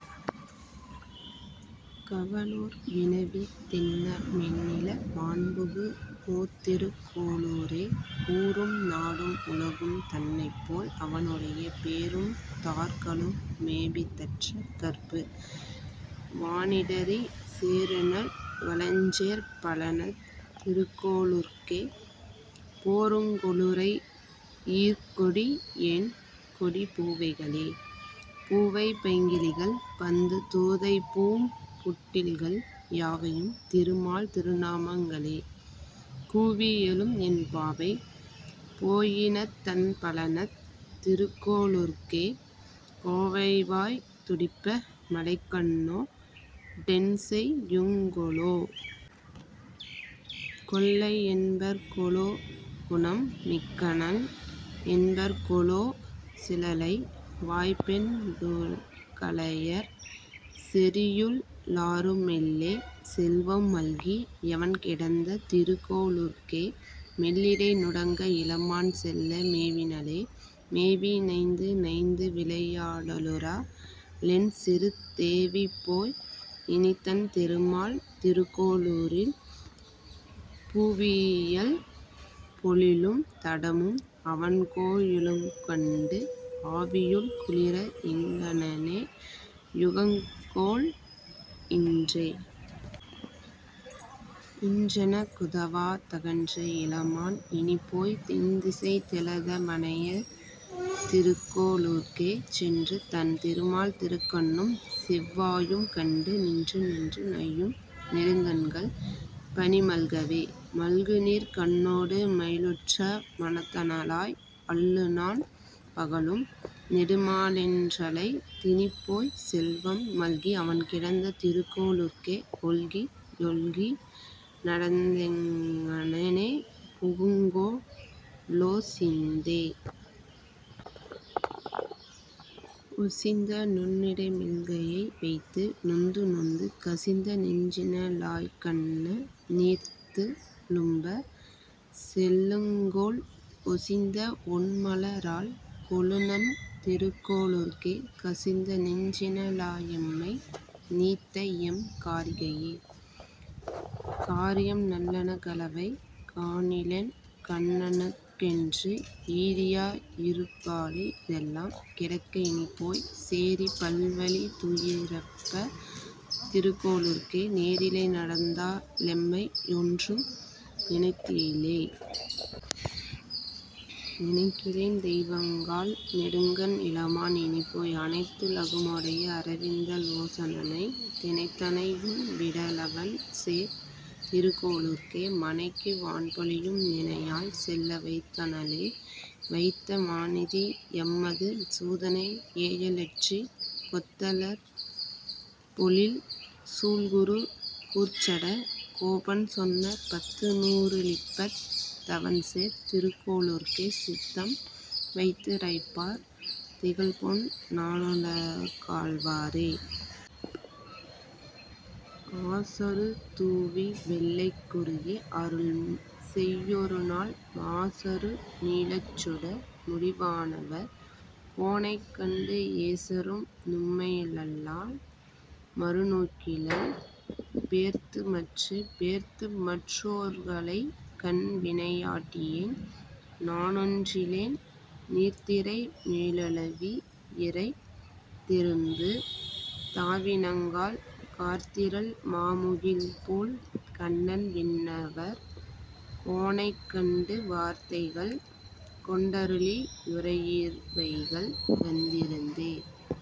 கவனூர் வினவி, திண்ண மென்னிள மான்புகு மூர்திருக் கோளூரே.. ஊரும் நாடும் உலகும் தன்னைப்போல், அவனுடைய பேரும் தார்களு மேபிதற்றக் கற்பு வானிடறி, சேருநல் வளஞ்சேர் பழனத் திருகோ ளூர்க்கே, போருங் கொலுரை யீர்க்கொடி யேன்கொடி பூவைகளே.. பூவை பைங்கிளிகள் பந்து தூதைபூம் புட்டில்கள், யாவையும் திருமால் திருநாமங் களேகூவி யெழும், என் பாவை போயினித் தண்பழனத் திருக்கோ ளூர்க்கே, கோவைவாய் துடிப்ப மழைக்கண்ணோ டென்செய் யுங்கொலோ?. கொல்லை யென்பர்கொ லோகுணம் மிக்கனள் என்பர்கொலோ, சிலலை வாய்ப்பெண் டுகளயற் சேரியுள் ளாருமெல்லே, செல்வம் மல்கி யவன்கிடந்த திருக்கோ ளூர்க்கே, மெல்லிடை நுடங்க இளமான் செல்ல மேவினளே.. மேவி நைந்து நைந்துவிளை யாடலுறா ளென்சிறுத் தேவிபோய், இனித்தன் திருமால் திருக்கோ ளூரில், பூவியல் பொழிலும் தடமும் அவன்கோ யிலுங்கண்டு, ஆவியுள் குளிர எங்ஙனே யுகக்குங்கொல் இன்றே?. இன்றெனக் குதவா தகன்ற இளமான் இனிப்போய், தென்திசைத் திலத மனைய திருக்கோ ளூர்க்கே சென்று, தன் திருமால் திருக்கண்ணும் செவ்வாயும் கண்டு, நின்று நின்று நையும் நெடுங்கண்கள் பனிமல்கவே.. மல்குநீர் கண்ணோடு மையலுற்ற மனத்தனளாய், அல்லுநன் பகலும் நெடுமாலென்றழைத் தினிப்போய், செல்வம் மல்கி அவன்கிடந்த திருக்கோ ளூர்க்கே, ஒல்கி யொல்கி நடந்தெங்ஙனே புகுங்கொ லோசிந்தே?. ஒசிந்த நுண்ணிடை மேல்கையை வைத்து நொந்துநொந்து, கசிந்த நெஞ்சின ளாய்க்கண்ண நீர்த்துளும்பச் செல்லுங்கொல், ஒசிந்த வொண்மல ராள்கொழுநன் திருக்கோ ளூர்க்கே, கசிந்த நெஞ்சின ளாயெம்மை நீத்தஎ ம் காரிகையே?. காரியம் நல்லன களவை காணிலென் கண்ணனுக்கென்று, ஈரியா யிருப்பாளி தெல்லாம் கிடக்க இனிப்போய், சேரி பல்பழி தூயிரைப்பத் திருக்கோ ளூர்க்கே, நேரிழை நடந்தா ளெம்மை யொன்றும் நினைத்திலளே.. நினைக்கிலேன் தெய்வங்காள் நெடுங்கண் இளமான் இனிப்போய், அனைத்து லகுமு டைய அரவிந்த லோசனனை, தினைத்தனை யும்விடா ளவன்சேர் திருக்கோ ளூர்க்கே, மனைக்கு வான்பழியும் நினையாள் செல்ல வைத்தனளே. வைத்த மாநிதி யாம்மது சூதனை யேயலற்றி, கொத்த லர்பொழில் சூழ்குரு கூர்ச்சட கோபன்சொன்ன, பத்து நூறு ளிப்பத் தவன்சேர் திருக்கோளூர்க்கே, சித்தம் வைத்து ரைப்பார் திகழ்பொன் னானலகாள்வாரே. ஆசறு தூவிவெள்ளைக் குருகே. அருள் செய்யொருநாள், மாசறு நீலச்சுடர் முடிவானவர் கோனைக்கண்டு, ஏசறும் நும்மையல்லால் மறுநோக்கிலள் பேர்த்துமற்றே.. பேர்த்துமற் றோர்களைகண் வினையாட்டியேன் நானொன்றிலேன், நீர்த்திரை மேலுலவி யிரைதேரும்பு தாவினங்காள், கார்த்திரள் மாமுகில்போல் கண்ணன்விண்ணவர் கோனைக்கண்டு, வார்த்தைகள் கொண்டருளி யுரையீர்வைகல் வந்திருந்தே..